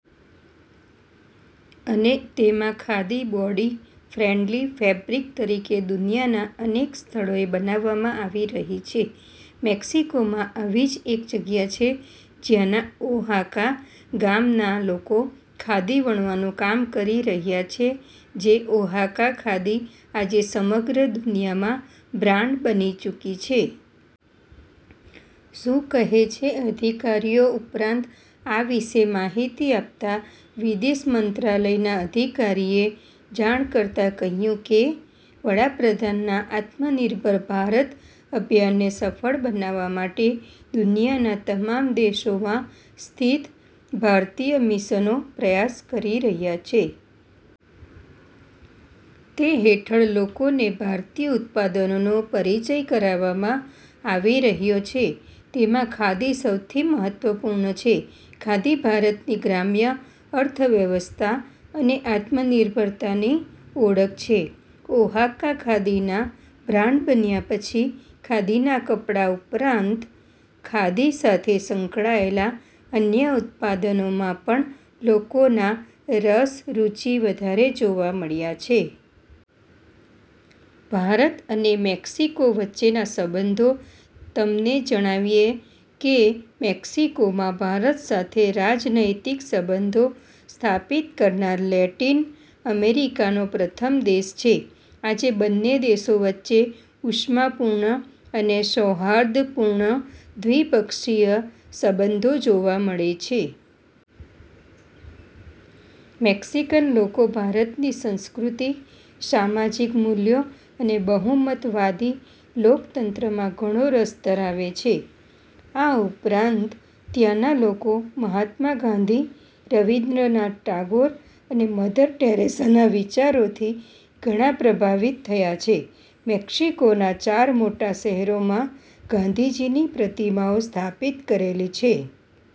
અને તેમાં khadi body friendly fabric તરીકે દુનિયાના અનેક સ્થળોએ બનાવવામાં આવી રહી છે. મેક્સિકોમાં આવી જ એક જગ્યા છે જ્યાંના ઓહાકા ગામ ના લોકો ખાદી વણવાનું કામ કરી રહ્યા છે જે ઓહાકા ખાદી આજે સમગ્ર દુનિયામાં બ્રાન્ડ બની ચૂકી છે. શું કહે છે અધિકારીઓ ઉપરાંત આ વિશે માહિતી આપતા વિદેશ મંત્રાલયના અધિકારીએ જાણ કરતા કહ્યું કે, વડાપ્રધાનના આત્મનિર્ભર ભારત અભિયાનને સફળ બનાવવા માટે દુનિયાના તમામ દેશોમાં સ્થિત ભારતીય મિશનો પ્રયાસ કરી રહ્યાં છે. તે હેઠળ લોકોને ભારતીય ઉત્પાદનોનો પરિચય કરાવવામાં આવી રહ્યો છે. તેમાં ખાદી સૌથી મહત્વપૂર્ણ છે. ખાદી ભારતની ગ્રામ્ય અર્થવ્યવસ્થા અને આત્મનિર્ભરતાની ઓળખ છે. ઓહાકા ખાદીના બ્રાન્ડ બન્યા પછી ખાદીના કપડાં ઉપરાંત, ખાદી સાથે સંકળાયેલા અન્ય ઉત્પાદનોમાં પણ લોકોના રસરૂચિ વધારે જોવા મળ્યા છે. ભારત અને મેક્સિકો વચ્ચેના સંબંધો તમને જણાવીએ કે, મેક્સિકો માં ભારત સાથે રાજનૈતિક સંબંધો સ્થાપિત કરનાર લેટિન અમેરિકાનો પ્રથમ દેશ છે. આજે બંને દેશો વચ્ચે ઉષ્માપૂર્ણ અને સૌહાર્દપૂર્ણ દ્વિપક્ષીય સંબંધો જોવા મળે છે. મેક્સિકન લોકો ભારતની સંસ્કૃતિ, સામાજિક મૂલ્યો અને બહુમતવાદી લોકતંત્રમાં ઘણો રસ ધરાવે છે. આ ઉપરાંત, ત્યાંના લોકો મહાત્મા ગાંધી, રવીન્દ્રનાથ ટાગોર અને મધર ટેરેસાના વિચારોથી ઘણા પ્રભાવિત થયા છે. મેક્સિકોના ચાર મોટાં શહેરોમાં ગાંધીજીની પ્રતિમાઓ સ્થાપિત કરેલી છે.